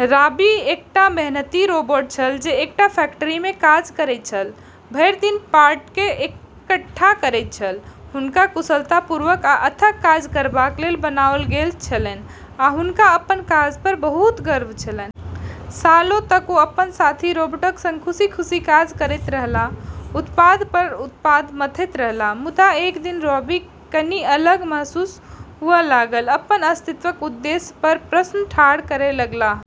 Robbie एकटा मेहनती robot छल जे एकटा फैक्टरीमे काज करैत छल, भरि दिन पार्टके इकट्ठा करैत छल। हुनका कुशलतापूर्वक आ अथक काज करबाक लेल बनाओल गेल छलनि, आ हुनका अपन काज पर बहुत गर्व छलनि। सालों तक ओ अपन साथी रोबोटक सङ्ग खुशी-खुशी काज करैत रहलाह, उत्पाद पर उत्पाद मथैत रहलाह । मुदा एक दिन, रॉबीके कनि अलग महसूस हुअ' लागल । अपन अस्तित्वक उद्देश्य पर प्रश्न ठाढ़ करय लगलाह।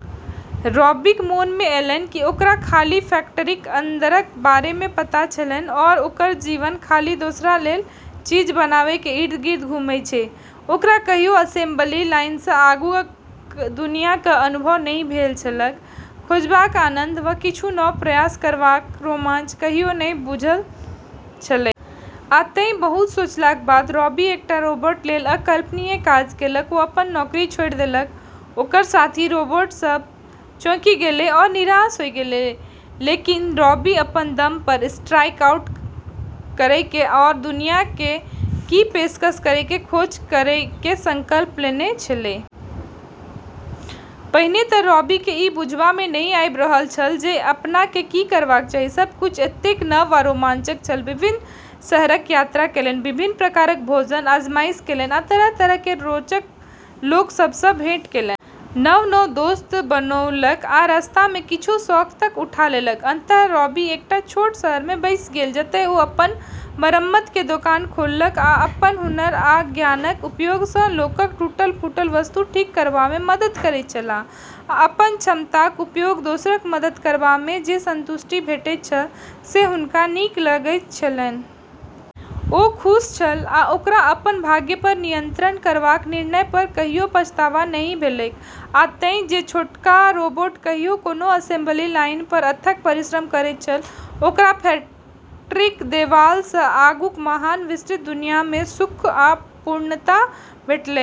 रॉबीक मोनमे एलनि कि ओकरा खाली फैक्टरिक अन्दरक बारेमे पता छलनि, आरो ओकर जीवन खाली दोसरा लेल चीज बनाबैके इर्द-गिर्द घूमै छै। ओकरा कहियो असेंबली लाइनसँ आगूक दुनियाँक अनुभव नहि भेल छलैक, खोजबाक आनन्द, वा किछु नव प्रयास करबाक रोमांच कहियो नहि बुझल छलैक। आ तैं, बहुत सोचलाक बाद, रॉबी एकटा रोबोट लेल अकल्पनीय काज केलक ओ अपन नौकरी छोड़ि देलक. ओकर साथी रोबोट सब चौंकि गेलै आओर निराश होय गेलै, लेकिन रॉबी अपन दम पर स्ट्राइक आउट करैके आओर दुनियाके की पेशकश करैके खोज करैके संकल्प लेने छेलै। पहिने तऽ रॉबीकेँ ई बुझबामे नहि आबि रहल छल जे अपनाकेँ की करबाक चाही। सब किछु एतेक नव आ रोमांचक छल! विभिन्न शहरक यात्रा केलनि, विभिन्न प्रकारक भोजनक आज़माइश केलनि, आ तरह-तरह केर रोचक लोक सभसँ भेँट केलनि। नव-नव दोस्त बनौलक आ रस्तामे किछु शौक तक उठा लेलक। अन्ततः रॉबी एकटा छोट शहरमे बसि गेल जतय ओ अपन मरम्मतके दोकान खोललक। ओ अपन हुनर आ ज्ञानक उपयोगसँ लोकक टूटल-फूटल वस्तु ठीक करबामे मदद करैत छलाह, आ अपन क्षमताक उपयोग दोसरक मदद करबामे जे संतुष्टि भेटैत छल, से हुनका नीक लगैत छलनि। ओ खुश छल, आ ओकरा अपन भाग्य पर नियंत्रण करबाक निर्णय पर कहियो पछतावा नहि भेलैक। आ तैं, जे छोटका रोबोट कहियो कोनो असेंबली लाइन पर अथक परिश्रम करैत छल, ओकरा फैक्ट्रीक देबालसँ आगूक महान, विस्तृत दुनियामे सुख आ पूर्णता भेटलैक ।